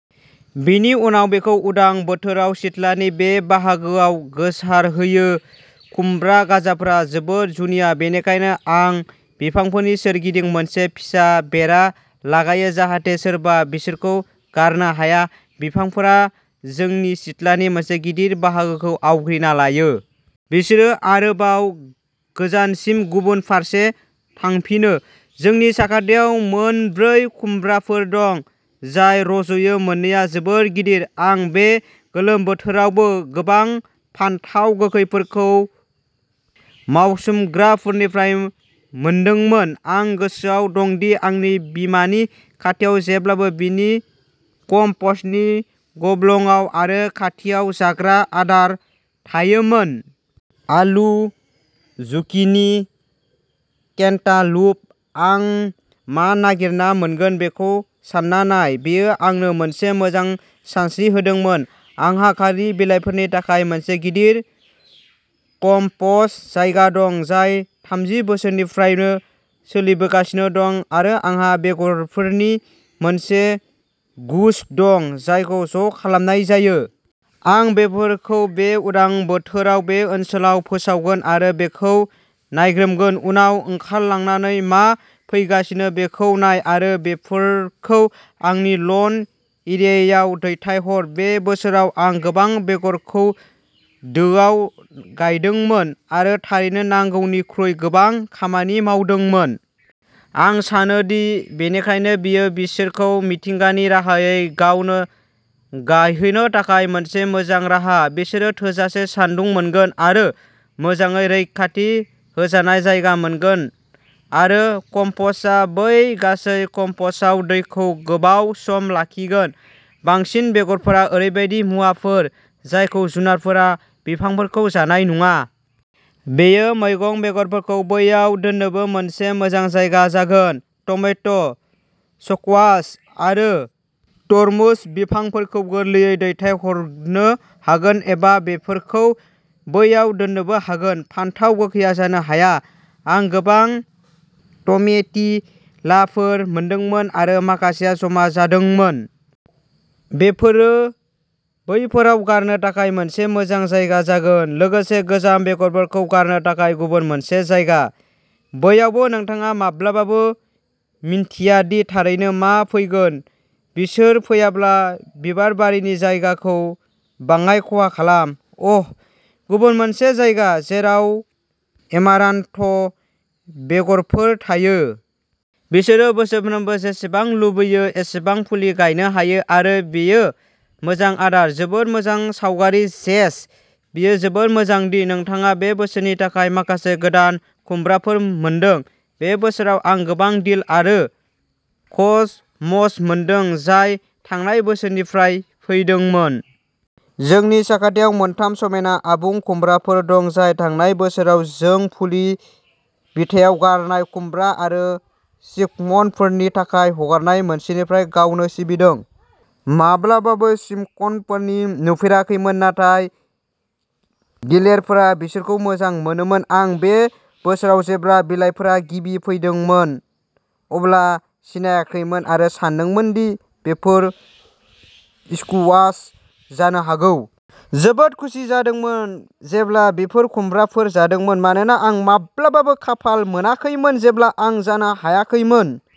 बेनि उनाव बेखौ उदां बोथोराव सिथ्लानि बे बाहागोआव गोसारहो। खुमब्रा गाजाफोरा जोबोद जुनिया। बेनिखायनो आं बिफांफोरनि सोरगिदिं मोनसे फिसा बेरा लागायो जाहाथे सोरबा बिसोरखौ नारनो हाया। बिफांफोरा जोंनि सिथ्लानि मोनसे गिदिर बाहागोखौ आवग्रिना लायो। बिसोरो आरोबाव गोजानसिम गुबुन फारसे थांफिनो। जोंनि खाथियाव मोन ब्रै खुमब्राफोर दं जाय रज'यो। मोननैआ जोबोद गिदिर। आं बे गोलोम बोथोरावबो गोबां फानथाव गोखैफोरखौ मावसोमग्राफोरनिफ्राय मोनदोंमोन। आं गोसोआव दं दि आंनि बिमानि खाथियाव जेब्लाबो बिनि कमपस्टनि गब्लंआव आरो खाथियाव जाग्रा आदार थायोमोन। आलु, जुकिनि, केन्टालुप। आं मा नागिरना मोनगोन बेखौ सानना नाय। बेयो आंनो मोनसे मोजां सानस्रि होदोंमोन। आंहा खालि बिलाइफोरनि थाखाय मोनसे गिदिर कमपस्ट जायगा दं। जाय थामजि बोसोरसोनिफ्रायनो सोलिबोगासिनो दं। आरो आंहा बेगरफोरनि मोनसे गुच्च दं जायखौ ज'खालामनाय जायो। आं बेफोरखौ बे उदां बोथोराव बे ओनसोलाव फोसावगोन आरो बेखौ नायग्रोमगोन। उनाव ओंखारलांनानै मा फैगासिनो बेखौ नाय आरो बेफोरखौ आंनि लन एरियायाव दैथायहर। बे बोसोराव आं गोबां बेगरखौ दोआव गायदोंमोन आरो थारैनो नांगौनिख्रुइ गोबां खामानि मावदोंमोन। आं सानो बेनिखायनो बेयो बिसोरखौ मिथिंगानि राहायै गावनो गायहोनो थाखाय मोनसे मोजां राहा। बिसोर थोजासे सान्दुं मोनगोन आरो मोजाङै रैखाथि होजानाय जायगा मोनगोन आरो कमपस्टआ बै गासै कमपस्टआव दैखौ गोबाव सम लाखिगोन। बांसिन बेगरफोरा ओरैबायदि मुवाफोर जायखौ जुनारफोरा बिफांफोरखौ जानाय नङा। बेयो मैगं बेगरफोरखौ बैयाव दोननोबो मोनसे मोजां जायगा जागोन। टमेट', स्क्वाश आरो तरमुज बिफांफोरखौ गोरलैयै दैथायहरनो हागोन एबा बेफोरखौ बैयाव दोननोबो हागोन। फानथाव गोखैआ जानो हाया। आं गोबां टमेटिलाफोर मोनदोंमोन। आरो माखासेआ जमा जादोंमोन। बेफोरो बैफोराव गारनो थाखाय मोनसे मोजां जायगा जागोन। लोगोसे गोजाम बेगरफोरखौ गारनो थाखाय गुबुन मोनसे जायगा। बैयावबो नोंथाङा माब्लाबाबो मिनथिया दि थारैनो मा फैगोन। बिसोर फैयाब्ला बिबारबारिनि जायगाखौ बाङाइ खहा खालाम। अ'ह गुबुन मोनसे जायगा जेराव एमारान्थ बेगरफोर थायो। बिसोर बोसोरफ्रोमबो जेसेबां लुबैयो एसेबां फुलि गायनो हायो आरो बेयो मोजां आदार। जोबोद मोजां सावगारि जेस बेयो जोबोद मोजां दि नोंथाङा बे बोसोरनि थाखायबो माखासे गोदान खुमब्राफोर मोनदों। बे बोसोराव आं गोबां डिल आरो कसमस मोनदों जाय थांनाय बोसोरनिफ्राय फैदोंमोन। जोंनि खाथियाव मोनथाम समायना आबुं खुमब्राफोर दं जाय थांनाय बोसोराव जों फुलनि बिथायाव गारनाय खुमब्रा आरो चिपमन्कफोरनि थाखाय हगारनाय मोनसेनिफ्राय गाव सिबिदोंमोन। माब्लाबाबो चिपमन्कफोरखौ नुफेराखैमोन नाथाय गिलेरफोरा बिसोरखौ मोजां मोनोमोन। आं बे बोसोराव जेब्ला बिलाइफोरा गिबि फैदोंमोन अब्ला सिनायाखैमोन आरो सानदोंमोन दि बेफोर स्कुवाश जानो हागौ। जोबोद खुसि जादोंमोन जेब्ला बेफोर खुमब्राफोर जादोंमोन। मानोना आं माब्लाबाबो खाफाल मोनाखैमोन जेब्ला आं जानो हायाखैमोन।